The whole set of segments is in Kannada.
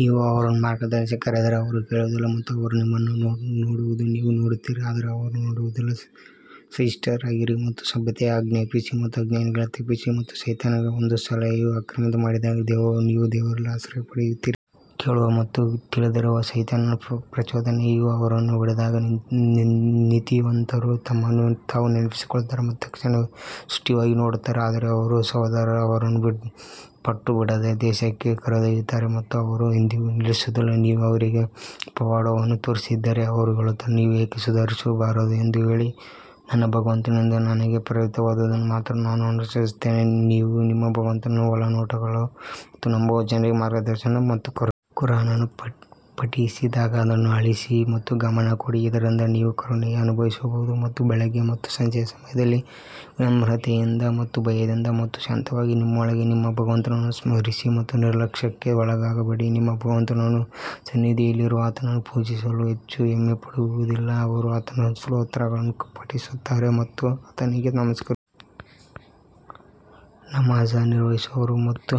ನೀವು ಅವರನ್ನು ಮಾರ್ಗದರ್ಶನಕ್ಕೆ ಕರೆದರೆ ಅವರು ಕೇಳುವುದಿಲ್ಲ ಮತ್ತು ಅವರು ನಿಮ್ಮನ್ನು ನೋಡುವುದನ್ನು ನೀವು ನೋಡುತ್ತೀರಿ ಆದರೆ ಅವರು ನೋಡುವುದಿಲ್ಲ ಸಹಿಷ್ಣುರಾಗಿರಿ ಮತ್ತು ಸಭ್ಯತೆಯನ್ನು ಆಜ್ಞಾಪಿಸಿ ಮತ್ತು ಅಜ್ಞಾನಿಗಳನ್ನು ತಪ್ಪಿಸಿ ಮತ್ತು ಸೈತಾನನ ಒಂದು ಸಲಹೆಯು ಆಕ್ರಮಣ ಮಾಡಿದಾಗ ನೀವು ದೇವರಲ್ಲಿ ಆಶ್ರಯ ಪಡೆಯುತ್ತೀರಿ ಅವನು ಕೇಳುವ ಮತ್ತು ತಿಳಿದಿರುವ ಸೈತಾನನ ಪ್ರಚೋದನೆಯು ಅವರನ್ನು ಹೊಡೆದಾಗ ನೀತಿವಂತರು ತಮ್ಮನ್ನು ತಾವು ನೆನಪಿಸಿಕೊಳ್ಳುತ್ತಾರೆ ಮತ್ತು ತಕ್ಷಣವೇ ಸ್ಪಷ್ಟವಾಗಿ ನೋಡುತ್ತಾರೆ ಆದರೆ ಅವರ ಸಹೋದರರು ಅವರನ್ನು ಪಟ್ಟುಬಿಡದೆ ದೋಷಕ್ಕೆ ಕರೆದೊಯ್ಯುತ್ತಾರೆ ಮತ್ತು ಅವರು ಎಂದಿಗೂ ನಿಲ್ಲಿಸುವುದಿಲ್ಲ ನೀವು ಅವರಿಗೆ ಪವಾಡವನ್ನು ತೋರಿಸದಿದ್ದರೆ ಅವರು ಹೇಳುತ್ತಾರೆ, ನೀವು ಏಕೆ ಸುಧಾರಿಸಬಾರದು ಎಂದು ಹೇಳಿ, ನನ್ನ ಭಗವಂತನಿಂದ ನನಗೆ ಪ್ರೇರಿತವಾದದ್ದನ್ನು ಮಾತ್ರ ನಾನು ಅನುಸರಿಸುತ್ತೇನೆ, ಇವು ನಿಮ್ಮ ಭಗವಂತನ ಒಳನೋಟಗಳು ಮತ್ತು ನಂಬುವ ಜನರಿಗೆ ಮಾರ್ಗದರ್ಶನ ಮತ್ತು ಕರುಣೆ. ಕುರಾನ್ ಅನ್ನು ಪಠಿಸಿದಾಗ ಅದನ್ನು ಆಲಿಸಿ ಮತ್ತು ಗಮನ ಕೊಡಿ ಇದರಿಂದ ನೀವು ಕರುಣೆಯನ್ನು ಅನುಭವಿಸಬಹುದು ಮತ್ತು ಬೆಳಿಗ್ಗೆ ಮತ್ತು ಸಂಜೆಯ ಸಮಯದಲ್ಲಿ ವಿನಮ್ರತೆಯಿಂದ ಮತ್ತು ಭಯದಿಂದ ಮತ್ತು ಶಾಂತವಾಗಿ ನಿಮ್ಮೊಳಗೆ ನಿಮ್ಮ ಭಗವಂತನನ್ನು ಸ್ಮರಿಸಿ ಮತ್ತು ನಿರ್ಲಕ್ಷ್ಯಕ್ಕೆ ಒಳಗಾಗಬೇಡಿ ನಿಮ್ಮ ಭಗವಂತನ ಸನ್ನಿಧಿಯಲ್ಲಿರುವವರು ಆತನನ್ನು ಪೂಜಿಸಲು ಹೆಚ್ಚು ಹೆಮ್ಮೆಪಡುವುದಿಲ್ಲ ಅವರು ಆತನ ಸ್ತೋತ್ರಗಳನ್ನು ಪಠಿಸುತ್ತಾರೆ ಮತ್ತು ಆತನಿಗೆ ನಮಸ್ಕರಿಸುತ್ತಾರೆ. ನಮಾಝ್ ನಿರ್ವಹಿಸುವವರು ಮತ್ತು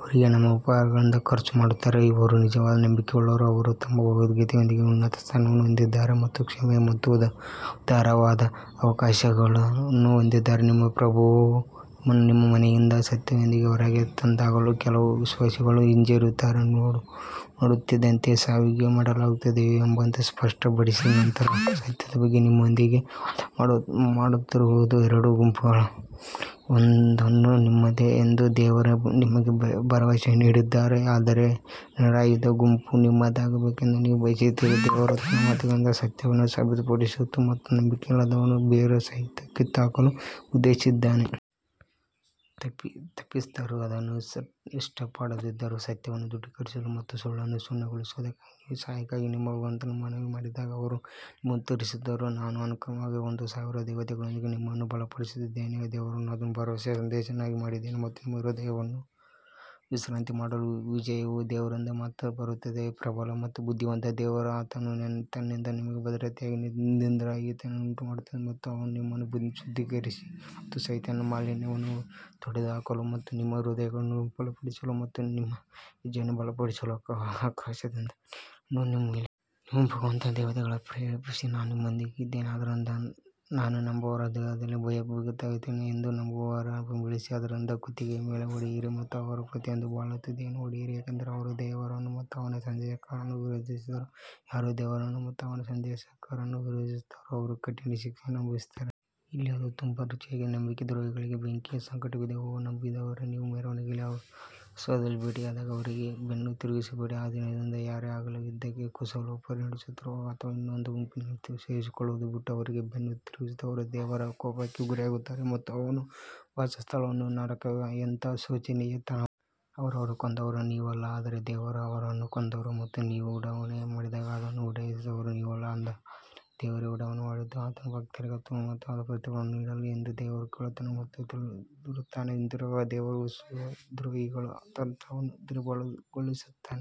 ಅವರಿಗೆ ನಮ್ಮ ಉಪಹಾರಗಳಿಂದ ಖರ್ಚು ಮಾಡುತ್ತಾರೆ ಇವರು ನಿಜವಾದ ನಂಬಿಕೆಯುಳ್ಳವರು, ಅವರು ತಮ್ಮ ಭಗವಂತನೊಂದಿಗೆ ಉನ್ನತ ಸ್ಥಾನವನ್ನು ಹೊಂದಿದ್ದಾರೆ ಮತ್ತು ಕ್ಷಮೆ ಮತ್ತು ಉದಾರವಾದ ಅವಕಾಶವನ್ನು ಹೊಂದಿದ್ದಾರೆ ನಿಮ್ಮ ಪ್ರಭುವು ನಿಮ್ಮನ್ನು ನಿಮ್ಮ ಮನೆಯಿಂದ ಸತ್ಯದೊಂದಿಗೆ ಹೊರಗೆ ತಂದಾಗಲೂ ಕೆಲವು ವಿಶ್ವಾಸಿಗಳು ಹಿಂಜರಿಯುತ್ತಿದ್ದರು ನೋಡನೋಡುತ್ತಿದ್ದಂತೆಯೇ ಸಾವಿಗೆ ದೂಡಲಾಗುತ್ತಿದೆಯೇನೋ ಎಂಬಂತೆ ಸ್ಪಷ್ಟ ಪಡಿಸಿದ ನಂತರ ಸತ್ಯದ ಬಗ್ಗೆ ನಿಮ್ಮೊಂದಿಗೆ ವಾದ ಮಾಡುತ್ತಿರುವುದು ಎರಡು ಗುಂಪುಗಳಲ್ಲಿ ಒಂದನ್ನು ನಿಮ್ಮದೇ ಎಂದು ದೇವರು ನಿಮಗೆ ಭರವಸೆ ನೀಡಿದ್ದಾನೆ ಆದರೆ ನಿರಾಯುಧ ಗುಂಪು ನಿಮ್ಮದಾಗಬೇಕೆಂದು ನೀವು ಬಯಸಿದ್ದೀರಿ, ದೇವರು ತನ್ನ ಮಾತುಗಳಿಂದ ಸತ್ಯವನ್ನು ಸಾಬೀತುಪಡಿಸಲು ಮತ್ತು ನಂಬಿಕೆಯಿಲ್ಲದವರನ್ನು ಬೇರುಸಹಿತ ಕಿತ್ತುಹಾಕಲು ಉದ್ದೇಶಿಸಿದ್ದಾನೆ. ತಪ್ಪಿತಸ್ಥರು ಅದನ್ನು ಇಷ್ಟಪಡದಿದ್ದರೂ ಸತ್ಯವನ್ನು ದೃಢೀಕರಿಸಲು ಮತ್ತು ಸುಳ್ಳನ್ನು ಶೂನ್ಯಗೊಳಿಸುವುದಕ್ಕಾಗಿ ನೀವು ಸಹಾಯಕ್ಕಾಗಿ ನಿಮ್ಮ ಭಗವಂತನಲ್ಲಿ ಮನವಿ ಮಾಡಿದಾಗ ಅವರು ನಿಮಗೆ ಉತ್ತರಿಸಿದರು ನಾನು ಅನುಕ್ರಮವಾಗಿ ಒಂದು ಸಾವಿರ ದೇವತೆಗಳೊಂದಿಗೆ ನಿಮ್ಮನ್ನು ಬಲಪಡಿಸುತ್ತಿದ್ದೇನೆ ದೇವರು ಅದನ್ನು ಭರವಸೆಯ ಸಂದೇಶವನ್ನಾಗಿ ಮಾಡಿದ್ದಾನೆ ಮತ್ತು ನಿಮ್ಮ ಹೃದಯವನ್ನು ವಿಶ್ರಾಂತಿ ಮಾಡಲು ವಿಜಯವು ದೇವರಿಂದ ಮಾತ್ರ ಬರುತ್ತದೆ ಪ್ರಬಲ ಮತ್ತು ಬುದ್ಧಿವಂತ ದೇವರು ಆತನು ತನ್ನಿಂದ ನಿಮಗೆ ಭದ್ರತೆಯಾಗಿ ನಿದ್ರಾಹೀನತೆಯನ್ನು ಉಂಟುಮಾಡಿದನು ಮತ್ತು ಅವನು ನಿಮ್ಮನ್ನು ಶುದ್ಧೀಕರಿಸಲು ಮತ್ತು ಸೈತಾನನ ಮಾಲಿನ್ಯವನ್ನು ತೊಡೆದುಹಾಕಲು ಮತ್ತು ನಿಮ್ಮ ಹೃದಯಗಳನ್ನು ಬಲಪಡಿಸಲು ಮತ್ತು ನಿಮ್ಮ ಹೆಜ್ಜೆಯನ್ನು ಬಲಪಡಿಸಲು ಆಕಾಶದಿಂದ ನೀರನ್ನು ನಿಮ್ಮ ಮೇಲೆ ಇಳಿಸಿದನು. ನಿಮ್ಮ ಭಗವಂತ ದೇವತೆಗಳನ್ನು ಪ್ರೇರೇಪಿಸಿ, ನಾನು ನಿಮ್ಮೊಂದಿಗಿದ್ದೇನೆ ಆದ್ದರಿಂದ ನಾನು ನಂಬದವರ ಹೃದಯದಲ್ಲಿ ಭಯಭೀತರಾಗುತ್ತೇನೆ ಎಂದು ನಂಬುವವರನ್ನು ಬೆಂಬಲಿಸಿ ಆದ್ದರಿಂದ ಕುತ್ತಿಗೆಯ ಮೇಲೆ ಹೊಡೆಯಿರಿ ಮತ್ತು ಅವರ ಪ್ರತಿಯೊಂದು ಬೆರಳ ತುದಿಯನ್ನು ಹೊಡೆಯಿರಿ ಏಕೆಂದರೆ ಅವರು ದೇವರನ್ನು ಮತ್ತು ಅವನ ಸಂದೇಶವಾಹಕರನ್ನು ವಿರೋಧಿಸಿದರು, ಯಾರು ದೇವರನ್ನು ಮತ್ತು ಅವನ ಸಂದೇಶವಾಹಕರನ್ನು ವಿರೋಧಿಸುತ್ತಾರೋ ಅವರು ಕಠಿಣ ಶಿಕ್ಷೆಯನ್ನು ಅನುಭವಿಸುತ್ತಾರೆ. ಇಲ್ಲಿ ಅದು ತುಂಬಾ ರುಚಿಯಾಗಿದೆ ನಂಬಿಕೆ ದ್ರೋಹಿಗಳಿಗೆ ಬೆಂಕಿಯ ಸಂಕಟವಿದೆ ಓ ನಂಬುವವರೇ ನೀವು ಮೆರವಣಿಗೆಯಲ್ಲಿ ಅವಿಶ್ವಾಸಿಗಳನ್ನು ಭೇಟಿಯಾದಾಗ ಅವರಿಗೆ ಬೆನ್ನು ತಿರುಗಿಸಬೇಡಿ ಆ ದಿನದಂದು ಯಾರೇ ಆಗಲಿ ಯುದ್ಧಕ್ಕೆ ಕುಶಲೋಪರಿ ನಡೆಸುತ್ತಿರುವಾಗ ಅಥವಾ ಇನ್ನೊಂದು ಗುಂಪಿನಲ್ಲಿ ಸೇರಿಕೊಳ್ಳುವುದನ್ನು ಬಿಟ್ಟು ಅವರಿಗೆ ಬೆನ್ನು ತಿರುಗಿಸಿದವರು ದೇವರ ಕೋಪಕ್ಕೆ ಗುರಿಯಾಗುತ್ತಾರೆ ಮತ್ತು ಅವನ ವಾಸಸ್ಥಳವು ನರಕವೇ ಎಂತಹ ಶೋಚನೀಯ ತಾಣವಾಗಿದೆ. ಅವರನ್ನು ಕೊಂದವರು ನೀವಲ್ಲ ಆದರೆ ದೇವರೇ ಅವರನ್ನು ಕೊಂದರು ಮತ್ತು ನೀವು ಉಡಾವಣೆ ಮಾಡಿದಾಗ ಅದನ್ನು ಉಡಾಯಿಸಿದವರು ನೀವಲ್ಲ ಆದರೆ ದೇವರೇ ಉಡಾವಣೆ ಮಾಡಿದ್ದು ಆತನು ಭಕ್ತರಿಗೆ ಅತ್ಯುತ್ತಮವಾದ ಪ್ರತಿಫಲವನ್ನು ನೀಡಲಿ ಎಂದು ದೇವರು ಕೇಳುತ್ತಾನೆ ಮತ್ತು ತಿಳಿದಿರುತ್ತಾನೆ ಹೀಗಿರುವಾಗ ದೇವರು ವಿಶ್ವಾಸದ್ರೋಹಿಗಳ ತಂತ್ರವನ್ನು ದುರ್ಬಲಗೊಳಿಸುತ್ತಾನೆ.